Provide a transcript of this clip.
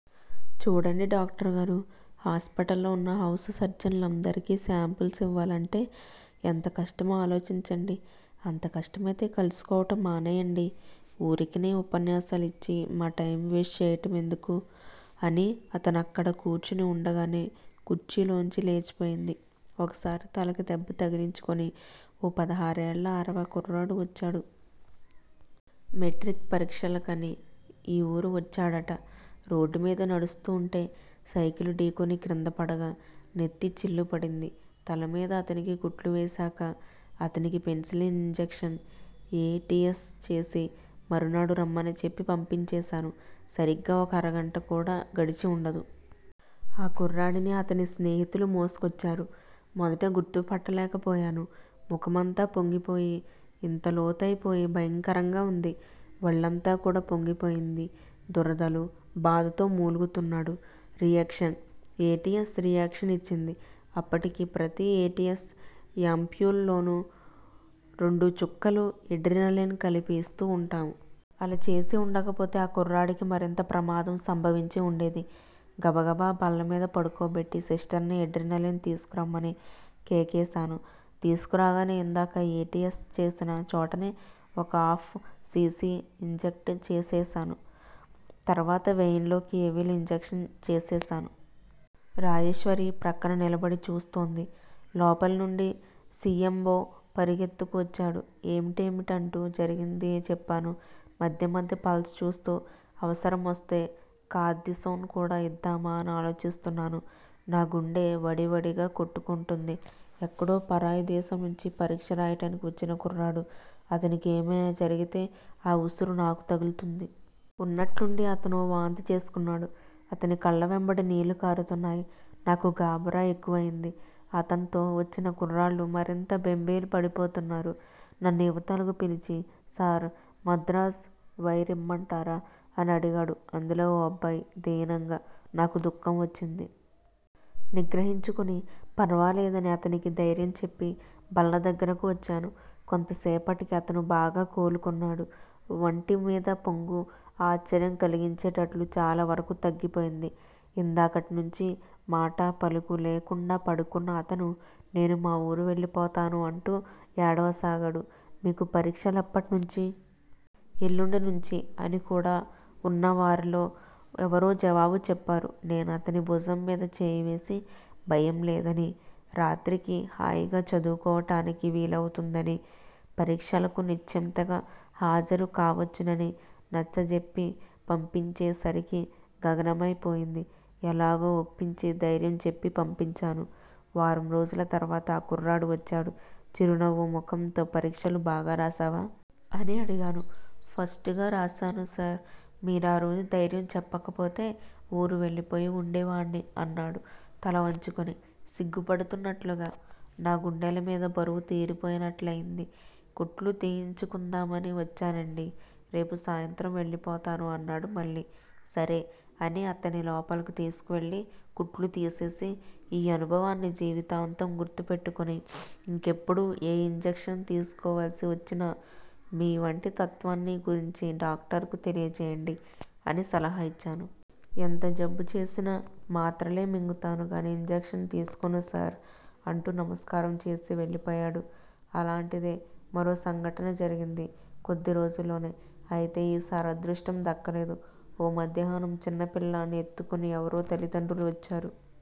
చూడండి డాక్టరుగారూ! హాస్పిటల్లో వున్న హౌస్ సర్జన్లందరికీ శాంపిల్స్ ఇవ్వాలంటే ఎంత కష్టమో ఆలోచించండి. అంత కష్టమైతే కలుసుకోవటం మానేయ్యండి. ఊరికినే ఉపన్యాసాలు ఇచ్చి మా టైమ్ వేస్ట్ చేయటమెందుకు? అని, అతనక్కడ కూర్చుని వుండగానే కుర్చీలోంచి లేచిపోయింది. ఒకసారి తలకి దెబ్బ తగిలించుకుని ఓ పదహారేళ్ళ అరవ కుర్రాడు వచ్చాడు. మెట్రిక్ పరీక్షలకని ఈ ఊరు వచ్చాడట రోడ్డు మీద నడుస్తూ వుంటే సైకిలు ఢీకొని క్రిందపడగా నెత్తి చిల్లుపడింది. తలమీద అతనికి కుట్లు వేశాక అతనికి penicillin injection, A. T. S. చేసి మరునాడు రమ్మని చెప్పి పంపించేశాను. సరిగ్గా ఒక అరగంట కూడా గడిచి వుండదు. ఆ కుర్రాడిని అతని స్నేహితులు మోసుకొచ్చారు. మొదట గుర్తుపట్టలేకపోయాను. ముఖమంతా పొంగిపోయి, ఇంతలోతైపోయి భయంకరంగా వుంది. వళ్ళంతా కూడా పొంగిపోయింది. దురదలు, బాధతో మూలుగుతున్నాడు. Reaction! A. T. S. Reaction ఇచ్చింది. అప్పటికి ప్రతి ఎ. టి. ఎస్. యాంప్యూల్ లోనూ రెండు చుక్కలు ఎడ్రినలిన్ కలిపి ఇస్తూ వుంటాము. అలా చేసివుండకపోతే ఆ కుర్రాడికి మరింత ప్రమాదం సంభవించి వుండేది. గబగబ బల్లమీద పడుకోబెట్టి సిస్టర్ని ఎడ్రినలిన్ తీసుకురమ్మని కేకేశాను. తీసుకురాగానే ఇందాక ఎ. టి. ఎస్. చేసిన చోటనే ఒక ఆఫ్ సి. సి. ఇంజక్ట్ చేసేశాను. తర్వాత వెయిన్ లోకి ఎవిల్ ఇంజక్షన్ చేసేశాను. రాజేశ్వరి ప్రక్కన నిలబడి చూస్తోంది లోపలినుండి సి. ఎమ్. ఓ. పరిగెత్తుకు వచ్చాడు, ఏమిటేమిటంటూ జరిగింది చెప్పాను. మధ్య మధ్య పల్స్ చూస్తూ, అవసరమొస్తే కార్దిసోన్ కూడా ఇద్దామా అని ఆలోచిస్తున్నాను. నా గుండె వడి వడిగా కొట్టుకుంటోంది. ఎక్కడో పరాయి దేశం నుంచి పరీక్ష రాయటానికి వచ్చిన కుర్రాడు, అతనికేమైనా జరిగితే ఆ ఉసురు నాకు తగుల్తుంది. ఉన్నట్లుండి అతనో వాంతి చేసుకున్నాడు. అతని కళ్ళ వెంబడి నీళ్ళు కారుతున్నాయి. నాకు గాబరా ఎక్కువయింది. అతన్తో వచ్చిన కుర్రాళ్ళు మరింత బెంబేలు పడిపోతున్నారు. నన్ను ఇవతలకు పిలిచి సార్! మద్రాస్ వైర్ ఇమ్మంటారా అని అడిగాడు అందులో ఓ అబ్బాయి, దీనంగా. నాకు దుఃఖం వచ్చింది. నిగ్రహించుకుని, పర్వాలేదని అతనికి ధైర్యం చెప్పి బల్ల దగ్గరకు వచ్చాను. కొంతసేపటికి అతను బాగా కోలుకున్నాడు. వంటిమీద పొంగు ఆశ్చర్యం కలిగించేటట్లు చాలా వరకూ తగ్గిపోయింది. ఇందాకటి నుంచీ మాటా పలుకూ లేకుండా పడుకున్న అతను నేను మా ఊరు వెళ్ళిపోతాను అంటూ ఏడవసాగాడు. మీకు పరీక్ష లెప్పట్నుంచి? ఎల్లుండి నుంచి అని కూడా వున్నవారిలో ఎవరో జవాబు చెప్పారు. నేనతని భుజంమీద చేయివేసి భయంలేదనీ, రాత్రికి హాయిగా చదువుకోవటానికి వీలవుతుందనీ, పరీక్షలకు నిశ్చింతగా హాజరు కావచ్చుననీ నచ్చజెప్పి పప్పించేసరికి గగనమై పోయింది ఎలాగో ఒప్పించి ధైర్యం చెప్పి పంపించాను. వారంరోజుల తర్వాత ఆ కుర్రాడు వచ్చాడు, చిరునవ్వు ముఖంతో పరీక్షలు బాగా రాశావా? అని అడిగాను. ఫస్ట్ గా రాశాను సార్! మీరారోజు ధైర్యం చెప్పకపోతే ఊరు వెళ్ళిపోయి వుండేవాణ్ని అన్నాడు తల వంచుకుని, సిగ్గుపడుతూన్నట్లుగా. నా గుండెలమీద బరువు తీరిపోయినట్లయింది. కుట్లు తీయించుకుందామని వచ్చానండీ. రేపు సాయంత్రం వెళ్ళిపోతాను అన్నాడు మళ్ళీ. సరే అని అతన్ని లోపలకు తీసుకువెళ్ళి కుట్లు తీసేసి ఈ అనుభవాన్ని జీవితాంతం గుర్తు పెట్టుకుని, ఇంకెప్పుడూ ఏ ఇంజక్షన్ తీసుకోవలసి వచ్చినా మీ వంటి తత్వాన్ని గురించి డాక్టరుకు తెలియజేయండి అని సలహా ఇచ్చాను. ఎంత జబ్బుచేసినా మాత్రలే మింగుతాను గాని ఇంజక్షన్ తీసుకోను సార్! అంటూ నమస్కారం చేసి, వెళ్ళిపోయాడు. అలాంటిదే మరో సంఘటన జరిగింది, కొద్ది రోజుల్లోనే. అయితే ఈసారి అదృష్టం దక్కలేదు. ఓ మధ్యాహ్నం చిన్నపిల్లాణ్ని ఎత్తుకుని ఎవరో తల్లిదండ్రులు వచ్చారు.